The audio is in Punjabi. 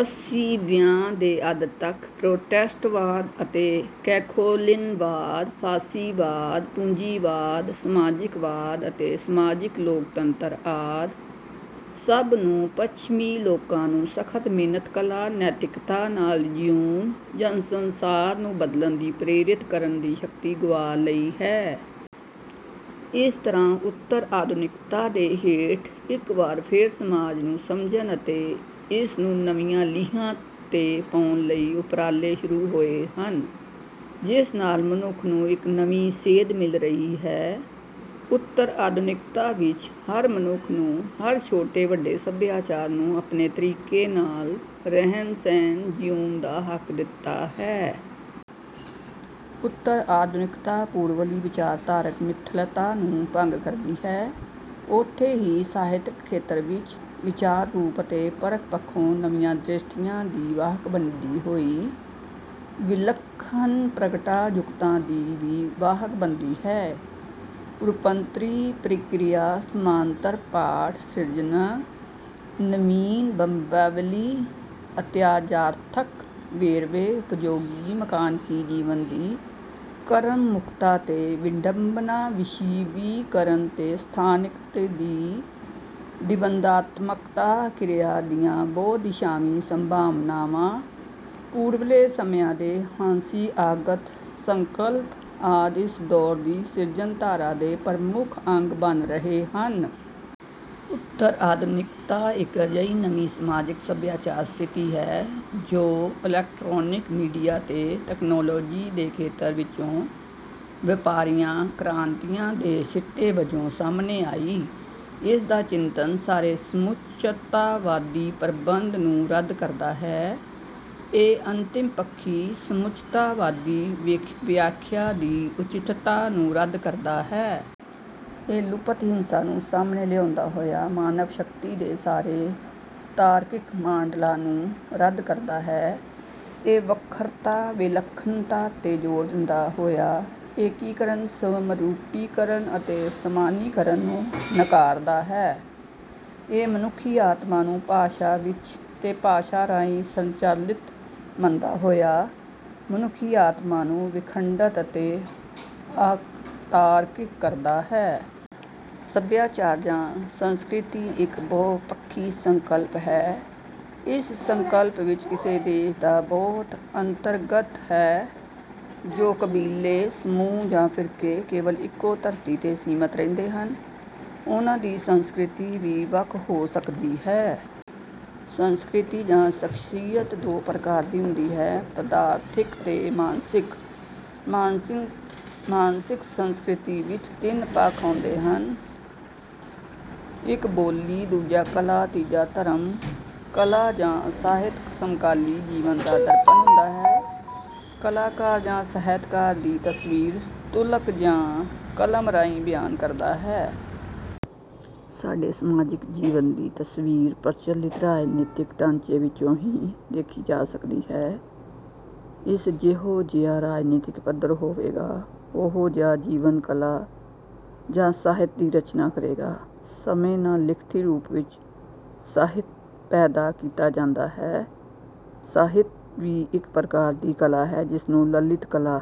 ਅੱਸੀ ਵਿਆਂ ਦੇ ਅੱਧ ਤੱਕ ਪ੍ਰੋਟੈਸਟਵਾਦ ਅਤੇ ਕੈਖੋਲਿਨਵਾਦ, ਫਾਸੀਵਾਦ-ਪੂੰਜੀਵਾਦ, ਸਮਾਜਵਾਦ ਅਤੇ ਸਮਾਜਕ ਲੋਕਤੰਤਰ ਆਦਿ ਸਭ ਨੂੰ ਪੱਛਮੀ ਲੋਕਾਂ ਨੂੰ ਸਖਤ ਮਿਹਨਤ ਕਲਾ, ਨੈਤਿਕਤਾ ਨਾਲ ਜਿਉਣ ਜਾਂ ਸੰਸਾਰ ਨੂੰ ਬਦਲਣ ਦੀ ਪ੍ਰੇਰਿਤ ਕਰਨ ਦੀ ਸ਼ਕਤੀ ਗੁਆ ਲਈ ਹੈ। ਇਸ ਤਰਾਂ ਉਤਰ-ਆਧੁਨਿਕਤਾ ਦੇ ਹੇਠ ਇੱਕ ਵਾਰ ਫੇਰ ਸਮਾਜ ਨੂੰ ਸਮਝਣ ਅਤੇ ਇਸ ਨੂੰ ਨਵੀਆਂ ਲੀਹਾਂ ਤੇ ਪਾਉਣ ਲਈ ਉਪਰਾਲੇ ਸ਼ੁਰੁ ਹੋਏ ਹਨ ਜਿਸ ਨਾਲ ਮਨੁੱਖ ਨੂੰ ਇੱਕ ਨਵੀ ਸੇਧ ਮਿਲ ਰਹੀ ਹੈ, ਉਤਰ-ਆਧੁਨਿਕਤਾ ਵਿੱਚ ਹਰ ਮਨੁੱਖ ਨੂੰ, ਹਰ ਛੋਟੇ-ਵੱਡੇ ਸਭਿਆਚਾਰ ਨੂੰ ਆਪਣੇ ਤਰੀਕੇ ਨਾਲ ਰਹਿਣ-ਸਹਿਣ ਜਿਊਣ ਦਾ ਹੱਕ ਦਿੱਤਾ ਹੈ। ਉਤਰ ਆਧੁਨਿਕਤਾ ਪੂਰਵਲੀ ਵਿਚਾਰਧਾਰਕ ਮਿਥਲਤਾ ਨੂੰ ਭੰਗ ਕਰਦੀ ਹੈ ਉਥੇ ਹੀ ਸਾਹਿਤਕ ਖੇਤਰ ਵਿੱਚ ਵਿਚਾਰ ਰੂਪ ਅਤੇ ਪਰਖ ਪੱਖੋ ਨਵੀਆਂ ਦ੍ਰਿਸ਼ਟੀਆਂ ਦੀ ਵਾਹਕ ਬਣਦੀ ਹੋਈ, ਵਿਲੱਖਣ ਪ੍ਰਗਟਾ-ਜੁਗਤਾਂ ਦੀ ਵੀ ਵਾਹਕ ਬਣਦੀ ਹੈ। ਰੂਪਾਂਤਰੀ ਪ੍ਰਕਿਰਿਆ, ਸਮਾਂਨਤਰ ਪਾਠ ਸਿਰਜਣਾ, ਨਵੀਨ ਬਿੰਬਾਵਲੀ, ਅਤਿਯਥਾਰਥਕ ਵੇਰਵੇ, ਉਪਭੋਗੀ, ਮਕਾਨਕੀ ਜੀਵਨ ਦੀ ਕਰਮਮੁਖਤਾ ਤੇ ਵਿਡੰਬਣਾ ਵਿਸ਼ਵੀਕਰਨ ਤੇ ਸਥਾਨਕਤਾ ਦੀ ਦਵੰਦਾਤਮਕਤਾ, ਕਿਰਿਆ ਦੀਆਂ ਬਹੁ-ਦਿਸ਼ਾਵੀ ਸੰਭਾਵਨਾਵਾਂ, ਪੂਰਵਲੇ ਸਮਿਆਂ ਦੇ ਹਾਸ਼ੀਆਗਤ ਸੰਕਲਪ ਆਦਿ ਇਸ ਦੋਰ ਦੀ ਸਿਰਜਣਧਾਰਾ ਦੇ ਪ੍ਰਮੁੱਖ ਅੰਗ ਬਣ ਰਹੇ ਹਨ। ਉਤਰ-ਆਧੁਨਿਕਤਾ ਇੱਕ ਅਜਿਹੀ ਨਵੀ ਸਮਾਜਿਕ ਸਭਿਆਚਾਰ ਸਥਿਤੀ ਹੈ ਜੋ ਇਲੈਕਟ੍ਰਾਨਿਕ ਮੀਡੀਆ ਤੇ ਤਕਨਾਲੋਜੀ ਦੇ ਖੇਤਰ ਵਿੱਚੋ ਵਾਪਰੀਆਂ ਕ੍ਰਾਂਤੀਆਂ ਦੇ ਸਿੱਟੇ ਵੱਜੋ ਸਾਹਮਣੇ ਆਈ। ਇਸਦਾ ਚਿੰਤਨ ਸਾਰੇ ਸਮੁੱਚਤਾਵਾਦੀ ਪ੍ਰਬੰਧ ਨੂੰ ਰੱਦ ਕਰਦਾ ਹੈ, ਇਹ ਅਤਿੰਮਪੱਖੀ ਸਮੁੱਚਤਾਵਾਦੀ ਵਿਆਖਿਆ ਦੀ ਉਚਿਤਤਾ ਨੂੰ ਰੱਦ ਕਰਦਾ ਹੈ। ਇਹ ਲੁਪਤ ਹਿੰਸਾ ਨੂੰ ਸਾਹਮਣੇ ਲਿਆਉਦਾ ਹੋਇਆ ਮਾਨਵ ਸ਼ਕਤੀ ਦੇ ਸਾਰੇ ਤਾਰਕਿਕ ਮਾਡਲਾਂ ਨੂੰ ਰੱਦ ਕਰਦਾ ਹੈ। ਇਹ ਵੱਖਰਤਾ, ਵਿਲੱਖਣਤਾ ਤੇ ਜੋ਼ਰ ਦਿੰਦਾ ਹੋਇਆ ਏਕੀਕਰਨ ਸਮਰੂਪੀਕਰਨ ਜਾਂ ਸਮਾਨੀਕਰਨ ਨੂੰ ਨਕਾਰਦਾ ਹੈ। ਇਹ ਮਨੁੱਖੀ ਆਤਮ ਨੂੰ ਭਾਸ਼ਾ ਵਿੱਚ ਤੇ ਭਾਸ਼ਾ ਰਾਂਹੀ ਸੰਰਚਲਤ ਮੰਨਦਾ ਹੋਇਆ ਮਨੁੱਖੀ ਆਤਮ ਨੂੰ ਵਿਖੰਡਤ ਤੇ ਅਤਾਰਕਿਕ ਕਹਿੰਦਾ ਹੈ। ਸੱਭਿਆਚਾਰ ਜਾਂ ਸੰਸਕ੍ਰਿਤੀ ਇਕ ਬਹੁਪੱਖੀ ਸੰਕਲਪ ਹੈ। ਇਸ ਸੰਕਲਪ ਵਿੱੱਚ ਕਿਸੇ ਦੇਸ਼ ਦਾ ਬਹੁਤ ਅੰਤਰਗਤ ਹੈ। ਜੋ ਕਬੀਲੇ, ਸਮੂਹ ਜਾਂ ਫ਼ਿਰਕੇ ਕੇਵਲ ਇੱਕੋ ਧਰਤੀ ਤੇ ਸੀਮਿਤ ਰਹਿੰਦੇ ਹਨ ਉਹਨਾਂ ਦੀ ਸੰਸਕ੍ਰਿਤੀ ਵੀ ਵੱਖ ਹੋ ਸਕਦੀ ਹੈ। ਸੰਸਕ੍ਰਿਤ ਜਾਂ ਸ਼ਖਸੀਅਤ ਦੋ ਪ੍ਰਕਾਰ ਦੀ ਹੁੰਦੀ ਹੈ। ਪਦਾਰਥਕ ਤੇ ਮਾਨਸਿਕ। ਮਾਨਸਿਕ ਸੰਸਕ੍ਰਿਤੀ ਵਿੱਚ ਤਿੰਨ ਪੱਖ ਆਉਦੇਂ ਹਨ। ਇੱਕ ਬੋਲੀ, ਦੂਜਾ ਕਲਾ, ਤੀਜਾ ਧਰਮ। ਕਲਾ ਜਾਂ ਸਾਹਿਤ ਸਮਕਾਲੀ ਜੀਵਨ ਦਾ ਦਰਪਣ ਹੁੰਦਾ ਹੈ। ਕਲਾਕਾਰ ਜਾਂ ਸਾਹਿਤਕਾਰ ਦੀ ਤਸਵੀਰ ਤੂਲਕ ਜਾਂ ਕਲਮ ਰਾਂਹੀ ਬਿਆਨ ਕਰਦਾ ਹੈ। ਸਾਡੇ ਸਮਾਜਿਕ ਜੀਵਨ ਦੀ ਤਸਵੀਰ ਪ੍ਰਚਲਤ ਰਾਜਨੀਤਿਕ ਢਾਂਚੇ ਵਿੱਚੋਂ ਹੀ ਦੇਖੀ ਜਾ ਸਕਦੀ ਹੈ ਇਸ ਜਿਹੋ ਜਿਹਾ ਰਾਜਨੀਤਿਕ ਪੱਧਰ ਹੋਵੇਗਾ, ਉਹੋ ਜਿਹਾ ਜੀਵਨ, ਕਲਾ ਜਾਂ ਸਾਹਿਤ ਦੀ ਰਚਨਾ ਕਰੇਗਾ। ਸਮੇ ਨਾਲ ਲਿਖਤੀ ਰੂਪ ਵਿੱਚ ਸਾਹਿਤ ਪੈਦਾ ਕੀਤਾ ਜਾਂਦਾ ਹੈ। ਸਾਹਿਤ ਵੀ ਇੱਕ ਪ੍ਰਕਾਰ ਦੀ ਕਲਾ ਹੈ, ਜਿਸਨੂੰ ਲਲਿਤ ਕਲਾ...